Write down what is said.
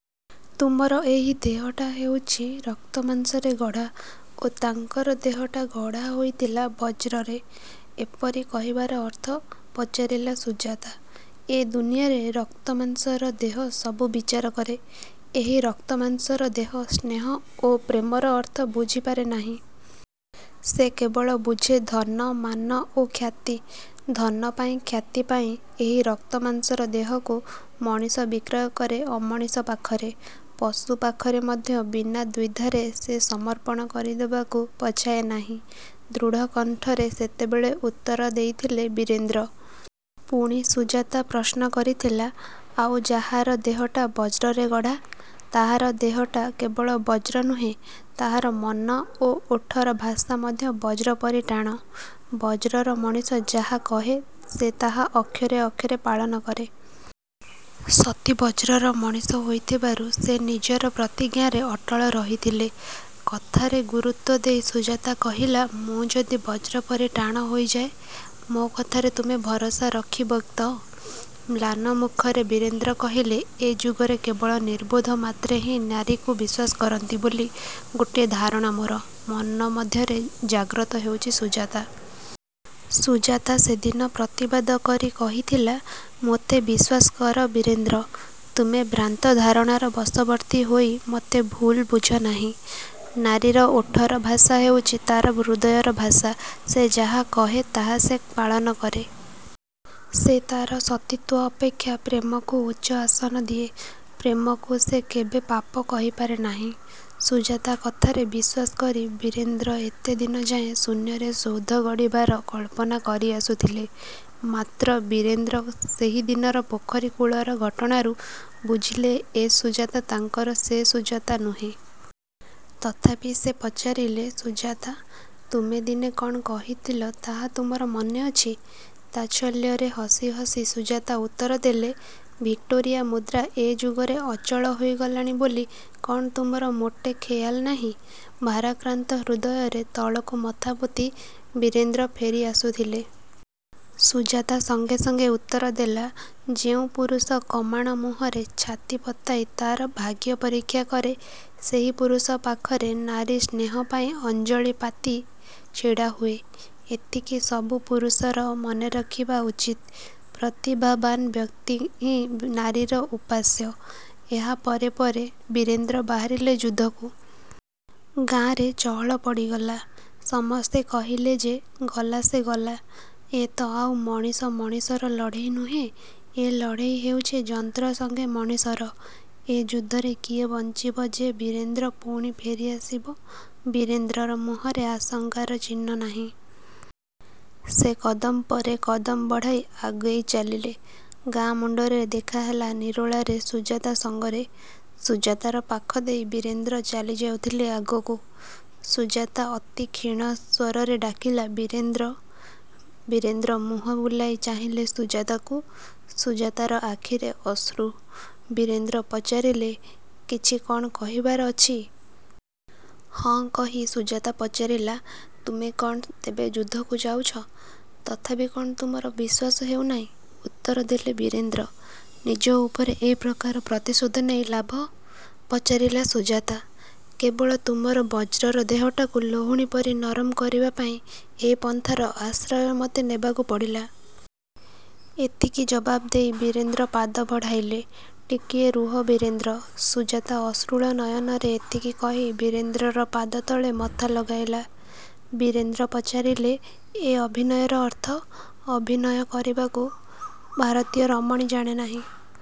ତୁମର ଏହି ଦେହଟା ହେଉଛି ରକ୍ତମାଂସରେ ଗଢ଼ା ଓ ତାଙ୍କର ଦେହଟା ଗଢ଼ା ହୋଇଥିଲା ବଜ୍ରରେ। '' ଏପରି କହିବାର ଅର୍ଥ? ପଚାରିଲା ସୁଜାତା। ''ଏ ଦୁନିଆରେ ରକ୍ତମାଂସର ଦେହ ସବୁ ବିଚାର କରେ। ଏହି ରକ୍ତମାଂସର ଦେହ, ସ୍ନେହ ଓ ପ୍ରେମର ଅର୍ଥ ବୁଝିପାରେ ନାହିଁ। ସେ କେବଳ ବୁଝେ ଧନ, ମାନ ଓ ଖ୍ୟାତି। ଧନ ପାଇଁ, ଖ୍ୟାତି ପାଇଁ, ଏହି ରକ୍ତମାଂସର ଦେହକୁ ମଣିଷ ବିକ୍ରୟ କରେ ଅମଣିଷ ପାଖରେ। ପଶୁ ପାଖରେ ମଧ୍ୟ ବିନା ଦ୍ୱିଧାରେ ସେ ସମର୍ପଣ କରିଦେବାକୁ ପଛାଏ ନାହିଁ। '' ଦୃଢ଼କଣ୍ଠରେ ସେତେବେଳେ ଉତ୍ତର ଦେଇଥିଲେ ବୀରେନ୍ଦ୍ର। ପୁଣି ସୁଜାତା ପ୍ରଶ୍ନ କରିଥିଲା, ''ଆଉ ଯାହାର ଦେହଟା ବ୍ରଜରେ ଗଢ଼ା? '' ''ତାହାର ଦେହଟା କେବଳ ବଜ୍ର ନୁହେଁ, ତାହାର ମନ ଓ ଓଠର ଭାଷା ମଧ୍ୟ ବଜ୍ର ପରି ଟାଣ। ବଜ୍ରର ମଣିଷ ଯାହା କହେ, ସେ ତାହା ଅକ୍ଷରେ ଅକ୍ଷରେ ପାଳନ କରେ। ସତୀ ବଜ୍ରର ମଣିଷ ହୋଇଥିବାରୁ ସେ ନିଜର ପ୍ରତିଜ୍ଞାରେ ଅଟଳ ରହିଥିଲେ। '' କଥାରେ ଗୁରୁତ୍ୱ ଦେଇ ସୁଜାତା କହିଲା, ''ମୁଁ ଯଦି ବଜ୍ରପରି ଟାଣ ହୋଇଯାଏ, ମୋ କଥାରେ ତୁମେ ଭରସା ରଖିବ ତ? '' ମ୍ଳାନ ମୁଖରେ ବୀରେନ୍ଦ୍ର କହିଲେ, ''ଏ ଯୁଗରେ କେବଳ ନିର୍ବୋଧ ମାତ୍ରେ ହିଁ ନାରୀକୁ ବିଶ୍ୱାସ କରନ୍ତି ବୋଲି ଗୋଟିଏ ଧାରଣା ମୋର ମନ ମଧ୍ୟରେ ଜାଗ୍ରତ ହେଉଛି ସୁଜାତା। '' ସୁଜାତା ସେ ଦିନ ପ୍ରତିବାଦ କରି କହିଥିଲା, ''ମୋତେ ବିଶ୍ୱାସ କର ବୀରେନ୍ଦ୍ର! ତୁମେ ଭ୍ରାନ୍ତ ଧାରଣାର ବଶବର୍ତ୍ତୀ ହୋଇ ମୋତେ ଭୁଲ ବୁଝନାହିଁ। ନାରୀର ଓଠର ଭାଷା ହେଉଛି ତା'ର ହୃଦୟର ଭାଷା।। ସେ ଯାହା କହେ ତାହା ସେ ପାଳନ କରେ। ସେ ତା'ର ସତୀତ୍ୱ ଅପେକ୍ଷା ପ୍ରେମକୁ ଉଚ୍ଚ ଆସନ ଦିଏ। ପ୍ରେମକୁ ସେ କେବେ ପାପ କହିପାରେ ନାହିଁ। '' ସୁଜାତା କଥାରେ ବିଶ୍ୱାସ କରି ବୀରେନ୍ଦ୍ର ଏତେ ଦିନଯାଏ ଶୂନ୍ୟରେ ସୌଧ ଗଢ଼ିବାର କଳ୍ପନା କରିଆସୁଥିଲେ। ମାତ୍ର ବୀରେନ୍ଦ୍ର ସେହିଦିନର ପୋଖରୀ କୂଳର ଘଟଣାରୁ ବୁଝିଲେ ଏ ସୁଜାତା ତାଙ୍କର ସେ ସୁଜାତା ନୁହେଁ। ତଥାପି ସେ ପଚାରିଲେ ''ସୁଜାତା! ତୁମେ ଦିନେ କ'ଣ କହିଥିଲ ତାହା ତୁମର ମନେଅଛି? '' ତାଚ୍ଛଲ୍ୟର ହସି ହସି ସୁଜାତା ଉତ୍ତରଦେଲା, 'ଭିକ୍ଟୋରିଆ ମୁଦ୍ରା ଏ ଯୁଗରେ ଅଚଳ ହୋଇଗଲାଣି ବୋଲି କ'ଣ ତୁମର ମୋଟେ ଖେୟାଲ ନାହିଁ। ' ଭାରାକ୍ରାନ୍ତ ହୃଦୟରେ ତଳକୁ ମଥାପୋତି ବୀରେନ୍ଦ୍ର ଫେରିଆସୁଥିଲେ। ସୁଜାତା ସଙ୍ଗେ ସଙ୍ଗେ ଉତ୍ତରଦେଲା, ''ଯେଉଁ ପୁରୁଷ କମାଣ ମୁହଁରେ ଛାତି ପତାଇ ତା'ର ଭାଗ୍ୟ ପରୀକ୍ଷା କରେ ସେହି ପୁରୁଷ ପାଖରେ ନାରୀ ସ୍ନେହ ପାଇଁ ଅଞ୍ଜଳି ପାତି ଛିଡ଼ାହୁଏ। ଏତିକି ସବୁ ପୁରୁଷର ମନେରଖିବା ଉଚିତ। ପ୍ରତିଭାବାନ୍ ବ୍ୟକ୍ତିହିଁ ନାରୀର ଉପାସ୍ୟ। '' ଏହା ପରେ ପରେ ବୀରେନ୍ଦ୍ର ବାହାରିଲେ ଯୁଦ୍ଧକୁ। ଗାଁରେ ଚହଳ ପଡ଼ିଗଲା। ସମସ୍ତେ କହିଲେ ଯେ ଗଲା ସେ ଗଲା। ଏ ତ ଆଉ ମଣିଷ ମଣିଷର ଲଢ଼େଇ ନୁହେଁ। ଏ ଲଢ଼େଇ ହେଉଛି ଯନ୍ତ୍ର ସଙ୍ଗେ ମଣିଷର। ଏ ଯୁଦ୍ଧରେ କିଏ ବଞ୍ଚିବ ଯେ ବୀରେନ୍ଦ୍ର ପୁଣି ଫେରିଆସିବ? ବୀରେନ୍ଦ୍ରର ମୁହଁରେ ଆଶଙ୍କାର ଚିହ୍ନ ନାହିଁ। ସେ କଦମ ପରେ କଦମ ବଢ଼ାଇ ଆଗେଇ ଚାଲିଲେ। ଗାଁ ମୁଣ୍ଡରେ ଦେଖାହେଲା ନିରୋଳାରେ ସୁଜାତା ସଙ୍ଗରେ। ସୁଜାତାର ପାଖଦେଇ ବୀରେନ୍ଦ୍ର ଚାଲିଯାଉଥିଲେ ଆଗକୁ। ସୁଜାତା ଅତିକ୍ଷୀଣ ସ୍ୱରରେ ଡାକିଲା ''ବୀରେନ୍ଦ୍ର! '' ବୀରେନ୍ଦ୍ର ମୁହଁ ବୁଲାଇ ଚାହିଁଲେ ସୁଜାତାକୁ। ସୁଜାତାର ଆଖିରେ ଅଶ୍ରୁ। ବୀରେନ୍ଦ୍ର ପଚାରିଲେ, ''କିଛି କ'ଣ କହିବାର ଅଛି? '' 'ହଁ' କହି ସୁଜାତା ପଚାରିଲା, ''ତୁମେ କ'ଣ ତେବେ ଯୁଦ୍ଧକୁ ଯାଉଛ? '' ''ତଥାପି କ'ଣ ତୁମର ବିଶ୍ୱାସ ହେଉନାହିଁ? '' ଉତ୍ତରଦେଲେ ବୀରେନ୍ଦ୍ର। ''ନିଜ ଉପରେ ଏ ପ୍ରକାର ପ୍ରତିଶୋଧ ନେଇ ଲାଭ? '' ପଚାରିଲା ସୁଜାତା। ''କେବଳ ତମର ବଜ୍ରର ଦେହଟାକୁ ଲହୁଣୀ ପରି ନରମ କରିବା ପାଇଁ ଏ ପନ୍ଥାର ଆଶ୍ରୟ ମୋତେ ନେବାକୁ ପଡ଼ିଲା। '' ଏତିକି ଜବାବ୍ ଦେଇ ବୀରେନ୍ଦ୍ର ପାଦ ବଢ଼ାଇଲେ। ''ଟିକିଏ ରୁହ ବୀରେନ୍ଦ୍ର! '' ସୁଜାତା ସଶ୍ରୁଳ ନୟନରେ ଏତିକି କହି ବୀରେନ୍ଦ୍ରର ପାଦତଳେ ମଥା ଲଗାଇଲା। ବୀରେନ୍ଦ୍ର ପଚାରିଲେ, ''ଏ ଅଭିନୟର ଅର୍ଥ? ଅଭିନୟ କରିବାକୁ ଭାରତୀୟ ରମଣୀ ଜାଣେନାହିଁ।